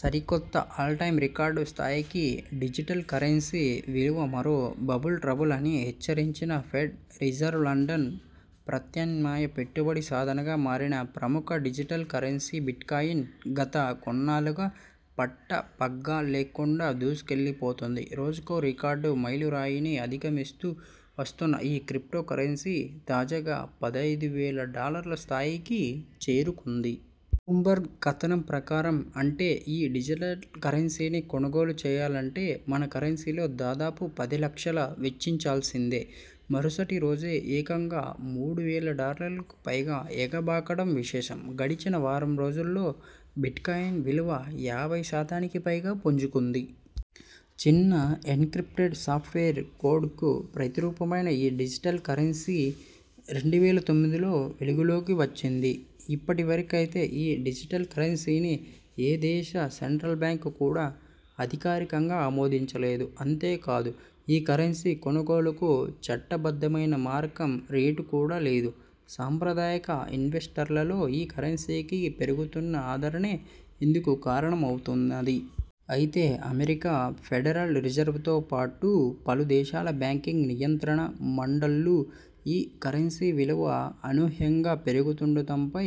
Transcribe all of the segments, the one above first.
సరికొత్త all time record స్థాయికి digital currency విలువమరో బబుల్ ట్రబుల్ అని హెచ్చరించిన ఫెడ్ రిజర్వ్లండన్: ప్రత్యామ్నాయ పెట్టుబడి సాధనంగా మారిన ప్రముఖ డిజిటల్ కరెన్సీ బిట్కాయిన్.. గత కొన్నాళ్లుగా పట్టపగ్గాల్లేకుండా దూసుకెళ్లిపోతుంది. రోజుకో రికార్డు మైలురాయిని అధిగమిస్తూ వస్తున్న ఈ క్రిప్టో కరెన్సీ తాజాగా పది ఐదు వేల డాలర్ల స్థాయికి చేరుకుంది. బ్లూమ్బర్గ్ కథనం ప్రకారం.. అంటే ఈ డిజిటల్ కరెన్సీని కొనుగోలు చేయాలంటే మన కరెన్సీలో దాదాపు పది లక్షల వెచ్చించాల్సిందే. మరుసటి రోజే ఏకంగా మూడు వేల డాలర్లకు పైగా ఎగబాకడం విశేషం. గడచిన వారం రోజుల్లో బిట్కాయిన్ విలువ యాబై శాతానికి పైగా పుంజుకుంది. చిన్న ఎన్క్రిప్టెడ్ సాఫ్ట్వేర్ కోడ్కు ప్రతిరూపమైన ఈ డిజిటల్ కరెన్సీ రెండువేేల తొమ్మిది లో వెలుగులోకి వచ్చింది. ఇప్పటివరకైతే ఈ డిజిటల్ కరెన్సీని ఏ దేశ సెంట్రల్ బ్యాంక్ కూడా అధికారికంగా ఆమోదించలేదు. అంతేకాదు ఈ కరెన్సీ కొనుగోలుకు చట్టబద్ధమైన మారకం రేటు కూడా లేదు. సంప్రదాయక ఇన్వెస్టర్లలో ఈ కరెన్సీకి పెరుగుతున్న ఆదరణే ఇందుకు కారణమవుతున్నది. అయితే, అమెరికా ఫెడరల్ రిజర్వ్తోపాటు పలు దేశాల బ్యాంకింగ్ నియంత్రణ మండళ్లు ఈ కరెన్సీ విలువ అనూహ్యంగా పెరుగుతుండటంపై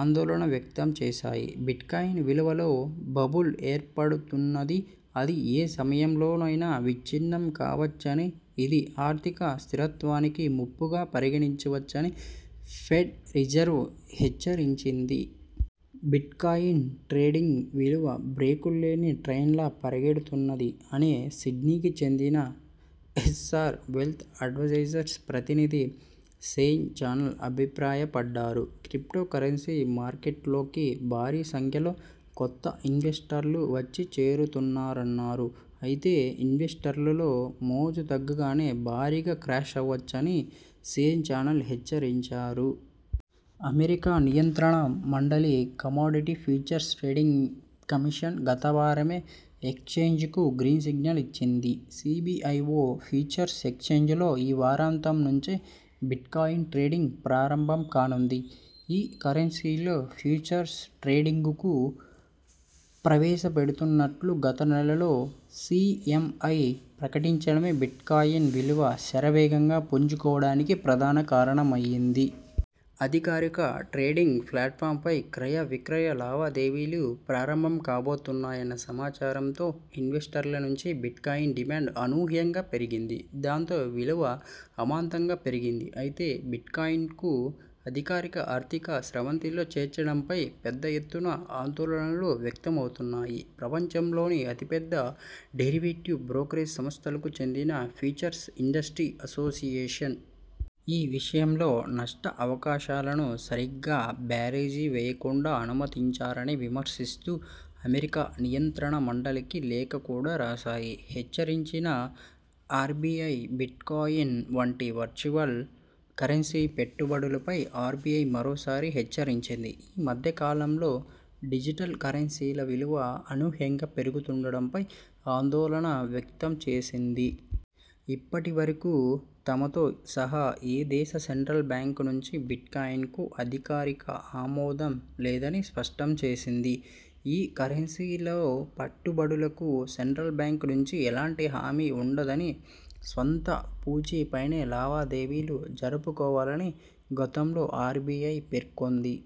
ఆందోళన వ్యక్తం చేశాయి. బిట్కాయిన్ విలువలో బబుల్ ఏర్పడుతున్నది, అది ఏ సమయంలోనైనా విచ్ఛిన్నం కావచ్చని, ఇది ఆర్థిక స్థిరత్వానికి ముప్పుగా పరిణమించవచ్చని ఫెడ్ రిజర్వ్ హెచ్చరించింది. ''బిట్కాయిన్ ట్రేడింగ్ విలువ బ్రేకుల్లేని ట్రైన్లా పరుగెడుతున్నది'' అని సిడ్నీకి చెందిన ఎఎ్సఆర్ వెల్త్ అడ్వైజర్స్ ప్రతినిధి షేన్ చానెల్ అభిప్రాయపడ్డారు. క్రిప్టో కరెన్సీ మార్కెట్లోకి భారీ సంఖ్యలో కొత్త ఇన్వెస్టర్లు వచ్చి చేరుతున్నారన్నారు. అయితే, ఇన్వెస్టర్లలో మోజు తగ్గగానే భారీ క్రష్ అవ్వచ్చని షేన్ చానల్ హెచ్చరించారు. అమెరికా నియంత్రణ మండలి 'కమోడిటీ ఫ్యూచర్స్ ట్రేడింగ్ కమిషన్' గతవారమే ఎక్స్చేంజ్కు గ్రీన్సిగ్నల్ ఇచ్చింది. సిబిఐఒ ఫ్యూచర్స్ ఎక్స్ఛేంజ్లో ఈ వారాంతం నుంచే బిట్కాయిన్ ట్రేడింగ్ ప్రారంభం కానుంది. ఈ కరెన్సీలో ఫ్యూచర్స్ ట్రేడింగ్కు ప్రవేశపెడుతుంన్నట్లు గతనెలలో సిఎంఐ ప్రకటించడమే బిట్కాయిన్ విలువ శరవేగంగా పుంజుకోవడానికి ప్రధాన కారణమైంది. అధికారిక ట్రేడింగ్ ప్లాట్ఫాంపై క్రయవిక్రయ లావాదేవీలు ప్రారంభం కాబోతున్నాయన్న సమాచారంతో ఇన్వెస్టర్ల నుంచి బిట్కాయిన్ డిమాండ్ అన్యూహంగా పెరిగింది. దాంతో విలువ అమాంతంగా పెరిగింది. అయితే, బిట్కాయిన్ను అధికారిక ఆర్థిక స్రవంతిలో చేర్చడంపై పెద్దఎత్తున ఆందోళనలు వ్యక్తమవుతున్నాయి. ప్రపంచంలోని అతిపెద్ద డెరివేటివ్ బ్రోకరేజ్ సంస్థలకు చెందిన ఫ్యూచర్స్ ఇండస్ట్రీ అసోసియేషన్.. ఈ విషయంలో నష్ట అవకాశాలను సరిగ్గా బేరీజు వేయకుండా అనుమతించారని విమర్శిస్తూ అమెరికా నియంత్రణ మండలికి లేఖ కూడా రాశాయి. హెచ్చరించిన ఆర్బిఐబిట్కాయిన్ వంటి వర్చువల్ కరెన్సీ పెట్టుబడులపై ఆర్బిఐ మరోసారి హెచ్చరించింది. ఈ మధ్యకాలంలో డిజిటల్ కరెన్సీల విలువ అనూహ్యంగా పెరుగుతుండటంపై ఆందోళన వ్యక్తం చేసింది. ఇప్పటివరకు తమతో సహా ఏ దేశ సెంట్రల్ బ్యాంక్ నుంచీ బిట్కాయిన్కు అధికారిక ఆమోదంలేదని స్పష్టం చేసింది. ఈ కరెన్సీలో పెట్టుబడులకు సెంట్రల్ బ్యాంక్ నుంచి ఎలాంటి హామీ ఉండదని, స్వంత పూచీపైనే లావాదేవీలు జరపుకోవాలని గతంలో ఆర్బిఐ పేర్కొంది.